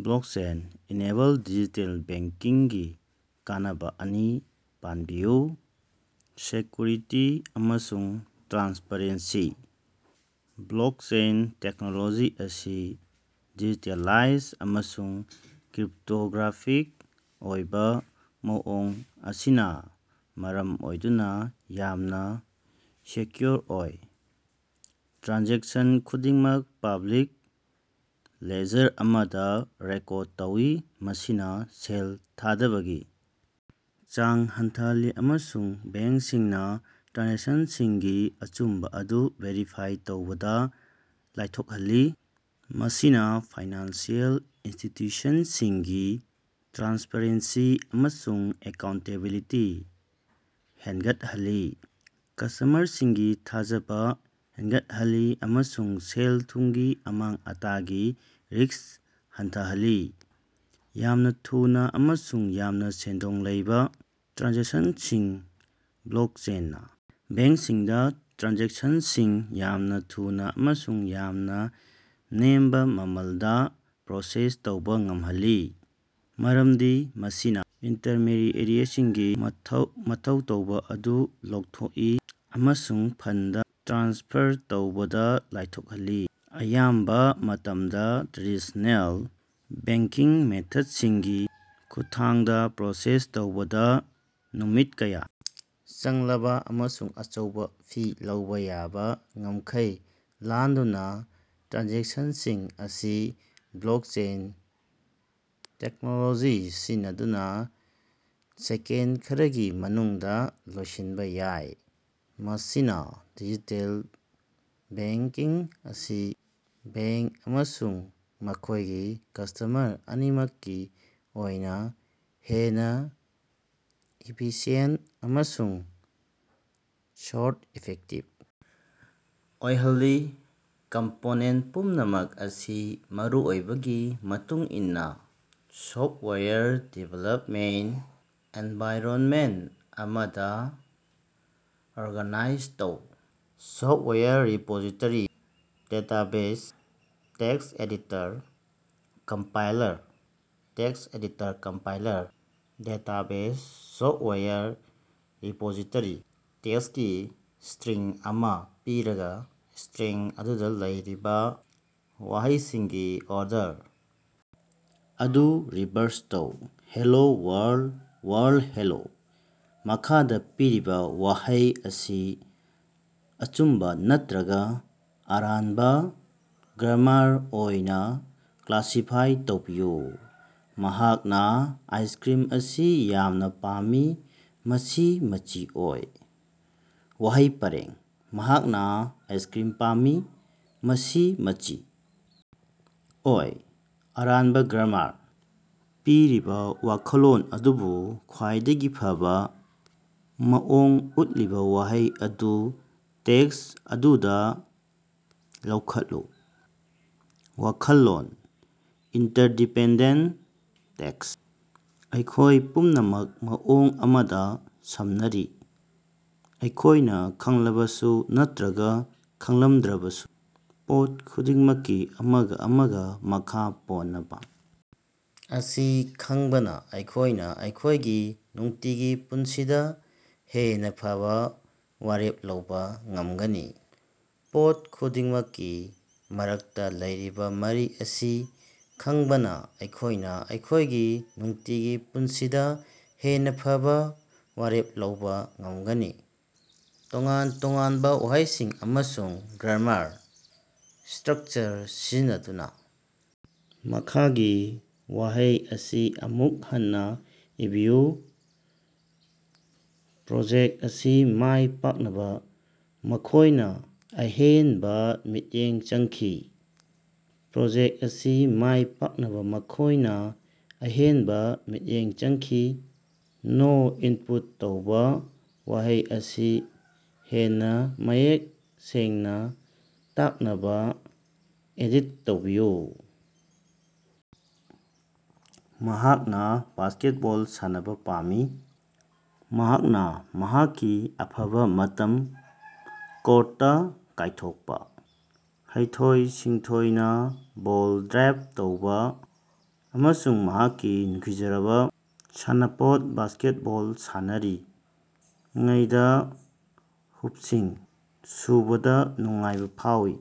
Blockchain-enabled digital ꯕꯦꯡꯛꯀꯤꯡꯒꯤ ꯀꯥꯟꯅꯕ ꯑꯅꯤ ꯄꯥꯟꯕꯤꯌꯨ꯫ ꯁꯦꯀ꯭ꯌꯨꯔꯤꯇꯤ ꯑꯃꯁꯨꯡ ꯇ꯭ꯔꯥꯟꯁꯄꯔꯦꯟꯁꯤ: ꯕ꯭ꯂꯣꯛꯆꯦꯟ ꯇꯦꯛꯅꯣꯂꯣꯖꯤ ꯑꯁꯤ ꯗꯤꯁꯦꯟꯇ꯭ꯔꯦꯂꯥꯏꯖ ꯑꯃꯁꯨꯡ ꯀ꯭ꯔꯤꯞꯇꯣꯒ꯭ꯔꯥꯐꯤꯛ ꯑꯣꯏꯕ ꯃꯑꯣꯡ ꯑꯁꯤꯅ ꯃꯔꯝ ꯑꯣꯏꯗꯨꯅ ꯌꯥꯝꯅ ꯁꯦꯀ꯭ꯌꯨꯔ ꯑꯣꯏ꯫ ꯇ꯭ꯔꯥꯟꯖꯦꯛꯁꯟ ꯈꯨꯗꯤꯡꯃꯛ ꯄꯕ꯭ꯂꯤꯛ ꯂꯦꯖꯔ ꯑꯃꯗ ꯔꯦꯀꯣꯔꯗ ꯇꯧꯏ, ꯃꯁꯤꯅ ꯁꯦꯜ ꯊꯥꯗꯕꯒꯤ ꯆꯥꯡ ꯍꯟꯊꯍꯜꯂꯤ ꯑꯃꯁꯨꯡ ꯕꯦꯡꯛꯁꯤꯡꯅ ꯇ꯭ꯔꯥꯟꯖꯦꯛꯁꯟꯁꯤꯡꯒꯤ ꯑꯆꯨꯝꯕ ꯑꯗꯨ ꯚꯦꯔꯤꯐꯥꯏ ꯇꯧꯕꯗ ꯂꯥꯏꯊꯣꯛꯍꯜꯂꯤ꯫ ꯃꯁꯤꯅ ꯐꯥꯏꯅꯥꯟꯁꯤꯑꯦꯜ ꯏꯟꯁꯇꯤꯇ꯭ꯌꯨꯁꯟꯁꯤꯡꯒꯤ ꯇ꯭ꯔꯥꯟꯁꯄꯔꯦꯟꯁꯤ ꯑꯃꯁꯨꯡ ꯑꯦꯀꯥꯎꯟꯇꯦꯕꯤꯂꯤꯇꯤ ꯍꯦꯟꯒꯠꯍꯜꯂꯤ, ꯀ꯭ꯁꯇꯃꯔꯁꯤꯡꯒꯤ ꯊꯥꯖꯕꯥ ꯍꯦꯟꯒꯠꯍꯜꯂꯤ ꯑꯃꯁꯨꯡ ꯁꯦꯜ-ꯊꯨꯝꯒꯤ ꯑꯃꯥꯡ-ꯑꯇꯥꯒꯤ ꯔꯤꯁ꯭ꯛ ꯍꯟꯊꯍꯜꯂꯤ꯫ ꯌꯥꯝꯅ ꯊꯨꯅ ꯑꯃꯁꯨꯡ ꯌꯥꯝꯅ ꯁꯦꯟꯗꯣꯡ ꯂꯩꯕ ꯇ꯭ꯔꯥꯟꯖꯦꯛꯁꯟꯁꯤꯡ: ꯕ꯭ꯂꯣꯛꯆꯦꯟꯅ ꯕꯦꯡꯛꯁꯤꯡꯗ ꯇ꯭ꯔꯥꯟꯖꯦꯛꯁꯟꯁꯤꯡ ꯌꯥꯝꯅ ꯊꯨꯅ ꯑꯃꯁꯨꯡ ꯌꯥꯝꯅ ꯅꯦꯝꯕ ꯃꯃꯜꯗ ꯄ꯭ꯔꯣꯁꯦꯁ ꯇꯧꯕ ꯉꯝꯍꯜꯂꯤ, ꯃꯔꯝꯗꯤ ꯃꯁꯤꯅ ꯏꯟꯇ꯭ꯔꯃꯦꯗꯤꯑꯦꯔꯤꯁꯤꯡꯒꯤ ꯃꯊꯧ ꯃꯊꯧ ꯇꯥꯕ ꯑꯗꯨ ꯂꯧꯊꯣꯛꯏ ꯑꯃꯁꯨꯡ ꯐꯟꯗ ꯇ꯭ꯔꯥꯟꯁꯐꯔ ꯇꯧꯕꯗꯥ ꯂꯥꯏꯊꯣꯈꯜꯂꯤ꯫ ꯑꯌꯥꯝꯕ ꯃꯇꯝꯗ ꯇ꯭ꯔꯦꯗꯤꯁ꯭ꯅꯦꯜ ꯕꯦꯡꯛꯀꯤꯡ ꯃꯦꯊ꯭ꯗꯁꯤꯡꯒꯤ ꯈꯨꯠꯊꯥꯡꯗ ꯄ꯭ꯔꯣꯁꯦꯁ ꯇꯧꯕꯗ ꯅꯨꯃꯤꯠ ꯀꯌꯥ ꯆꯪꯂꯕ ꯑꯃꯁꯨꯡ ꯑꯆꯧꯕ ꯐꯤ ꯂꯧꯕ ꯌꯥꯕ ꯉꯝꯈꯩ ꯂꯥꯟꯗꯨꯅ ꯇ꯭ꯔꯥꯟꯖꯦꯛꯁꯟꯁꯤꯡ ꯑꯁꯤ ꯕ꯭ꯂꯣꯛꯆꯦꯟ ꯇꯦꯛꯅꯣꯂꯣꯖꯤ ꯁꯤꯖꯤꯟꯅꯗꯨꯅ ꯁꯦꯀꯦꯟ ꯈꯔꯒꯤ ꯃꯅꯨꯡꯗ ꯂꯣꯏꯁꯤꯟꯕ ꯌꯥꯏ꯫ ꯃꯁꯤꯅ ꯗꯤꯖꯤꯇꯦꯜ ꯕꯦꯡꯛꯀꯤꯡ ꯑꯁꯤ ꯕꯦꯡꯛ ꯑꯃꯁꯨꯡ ꯃꯈꯣꯏꯒꯤ ꯀ꯭ꯁꯇꯃꯔ ꯑꯅꯤꯃꯛꯀꯤ ꯑꯣꯏꯅ ꯍꯦꯟꯅ ꯏꯐꯤꯁꯤꯌꯦꯟꯠ ꯑꯃꯁꯨꯡ ꯀꯣꯁ꯭ꯠ ꯏꯐꯦꯛꯇꯤꯚ ꯑꯣꯏꯍꯜꯂꯤ꯫ ꯀꯝꯄꯣꯅꯦꯟꯠ ꯄꯨꯝꯅꯃꯛ ꯑꯁꯤ ꯃꯔꯨꯑꯣꯏꯕꯒꯤ ꯃꯇꯨꯡꯏꯟꯅ ꯁꯣꯐꯋꯥꯌꯔ ꯗꯤꯚꯦꯂꯞꯃꯦꯟꯠ ꯑꯦꯟꯚꯥꯏꯔꯟꯃꯦꯟꯠ ꯑꯃꯗ ꯑꯣꯔꯒꯥꯅꯥꯏꯖ ꯇꯧ- software repository, database, text editor, compiler, text editor compiler database software repository. ꯇꯦꯛꯁꯀꯤ ꯁ꯭ꯇꯔꯤꯡ ꯑꯃꯥ ꯄꯤꯔꯒꯥ, ꯁ꯭ꯇꯔꯤꯡ ꯑꯗꯨꯗ ꯂꯩꯔꯤꯕ ꯋꯥꯍꯩꯁꯤꯡꯒꯤ ꯑꯣꯔꯗꯔ ꯑꯗꯨ ꯔꯤꯚ꯭ꯔꯁ ꯇꯧ꯫ Hello world. World hello. ꯃꯈꯥꯗꯥ ꯄꯤꯔꯤꯕꯥ ꯋꯥꯍꯩ ꯑꯁꯤ ꯑꯆꯨꯝꯕꯥ ꯅꯠꯇꯔꯒ ꯑꯔꯥꯟꯕ ꯒ꯭ꯔꯥꯃꯥꯔ ꯑꯣꯏꯅ ꯀ꯭ꯂꯥꯁꯤꯐꯥꯏ ꯇꯧꯕꯤꯌꯨ: "ꯃꯍꯥꯛꯅ ꯑꯥꯏꯁꯀ꯭ꯔꯤꯝ ꯑꯁꯤ ꯌꯥꯝꯅ ꯄꯥꯝꯃꯤ ꯃꯁꯤ ꯃꯆꯤ ꯑꯣꯏ꯫" ꯋꯥꯍꯩ ꯄꯔꯦꯡ: ꯃꯍꯥꯛꯅ ꯑꯥꯏꯁꯀ꯭ꯔꯤꯝ ꯄꯥꯝꯃꯤ ꯃꯁꯤ ꯃꯆꯤ ꯑꯣꯏ꯫ ꯑꯔꯥꯟꯕ ꯒ꯭ꯔꯥꯃꯥꯔ꯫ ꯄꯤꯔꯤꯕ ꯋꯥꯈꯜꯂꯣꯟ ꯑꯗꯨꯕꯨ ꯈ꯭ꯋꯥꯏꯗꯒꯤ ꯐꯕ ꯃꯑꯣꯡ ꯎꯠꯂꯤꯕ ꯋꯥꯍꯩ ꯑꯗꯨ ꯇꯦꯛꯁ ꯑꯗꯨꯗ ꯂꯧꯈꯠꯂꯨ꯫ ꯋꯥꯈꯜꯂꯣꯟ: ꯏꯟꯇꯔꯗꯤꯄꯦꯟꯗꯦꯟꯁ ꯇꯦꯛꯁ: ꯑꯩꯈꯣꯏ ꯄꯨꯝꯅꯃꯛ ꯃꯑꯣꯡ ꯑꯃꯗ ꯁꯝꯅꯔꯤ, ꯑꯩꯈꯣꯏꯅ ꯈꯪꯂꯕꯁꯨ ꯅꯠꯇꯔꯒ ꯈꯪꯂꯝꯗꯔꯕꯁꯨ꯫ ꯄꯣꯠ ꯈꯨꯗꯤꯡꯃꯛꯀꯤ ꯑꯃꯒ ꯑꯃꯒ ꯃꯈꯥ ꯄꯣꯟꯅꯕ ꯑꯁꯤ ꯈꯪꯕꯅ ꯑꯩꯈꯣꯏꯅ ꯑꯩꯈꯣꯏꯒꯤ ꯅꯨꯡꯇꯤꯒꯤ ꯄꯨꯟꯁꯤꯗ ꯍꯦꯟꯅ ꯐꯕ ꯋꯥꯔꯦꯞ ꯂꯧꯕ ꯉꯝꯒꯅꯤ꯫ ꯄꯣꯠ ꯈꯨꯗꯤꯡꯃꯛꯀꯤ ꯃꯔꯛꯇ ꯂꯩꯔꯤꯕ ꯃꯔꯤ ꯑꯁꯤ ꯈꯪꯕꯅ ꯑꯩꯈꯣꯏꯅ ꯑꯩꯈꯣꯏꯒꯤ ꯅꯨꯡꯇꯤꯒꯤ ꯄꯨꯟꯁꯤꯗ ꯍꯦꯟꯅ ꯐꯕ ꯋꯥꯔꯦꯞ ꯂꯧꯕꯥ ꯉꯝꯒꯅꯤ꯫ ꯇꯣꯉꯥꯟ-ꯇꯣꯉꯥꯟꯕ ꯋꯥꯍꯩꯁꯤꯡ ꯑꯃꯁꯨꯡ ꯒ꯭ꯔꯥꯃꯥꯔ ꯁ꯭ꯇꯔꯛꯆꯔ ꯁꯤꯖꯤꯟꯅꯗꯨꯅ ꯃꯈꯥꯒꯤ ꯋꯥꯍꯩ ꯑꯁꯤ ꯑꯃꯨꯛ ꯍꯟꯅ ꯏꯕꯤꯌꯨ꯫ ꯄ꯭ꯔꯣꯖꯦꯛ ꯑꯁꯤ ꯃꯥꯏ ꯄꯥꯛꯅꯕ ꯃꯈꯣꯏꯅ ꯑꯍꯦꯟꯕ ꯃꯤꯠꯌꯦꯡ ꯆꯪꯈꯤ꯫ ꯄ꯭ꯔꯣꯖꯦꯛ ꯑꯁꯤ ꯃꯥꯏ ꯄꯥꯛꯅꯕ ꯃꯈꯣꯏꯅ ꯑꯍꯦꯟꯕ ꯃꯤꯠꯌꯦꯡ ꯆꯪꯈꯤ꯫ ꯅꯣ ꯏꯅꯄꯨꯠ ꯇꯧꯕ꯫ ꯋꯥꯍꯩ ꯑꯁꯤ ꯍꯦꯟꯅꯥ ꯃꯌꯦꯛ ꯁꯦꯡꯅ ꯇꯥꯛꯅꯕ ꯑꯦꯗꯤꯠ ꯇꯧꯕꯤꯌꯨ: "ꯃꯍꯥꯛꯅ ꯕꯥꯁ꯭ꯀꯦꯠꯕꯣꯜ ꯁꯥꯟꯅꯕ ꯄꯥꯝꯃꯤ꯫" ꯃꯍꯥꯛꯅ ꯃꯍꯥꯛꯀꯤ ꯑꯐꯕ ꯃꯇꯝ ꯀꯣꯔ꯭ꯠꯇ ꯀꯥꯏꯊꯣꯛꯄ, ꯍꯩꯊꯣꯏ-ꯁꯤꯡꯊꯣꯏꯅ ꯕꯣꯜ ꯗ꯭ꯔꯥꯏꯕ ꯇꯧꯕ ꯑꯃꯁꯨꯡ ꯃꯍꯥꯛꯀꯤ ꯅꯨꯡꯁꯤꯖꯔꯕ ꯁꯥꯟꯅꯄꯣꯠ ꯕꯥꯁꯀꯦꯠꯕꯣꯜ ꯁꯥꯟꯅꯔꯤꯉꯩꯗ ꯍꯨꯞꯁꯤꯡ ꯁꯨꯕꯗ ꯅꯨꯡꯉꯥꯏꯕ ꯐꯥꯎꯏ꯫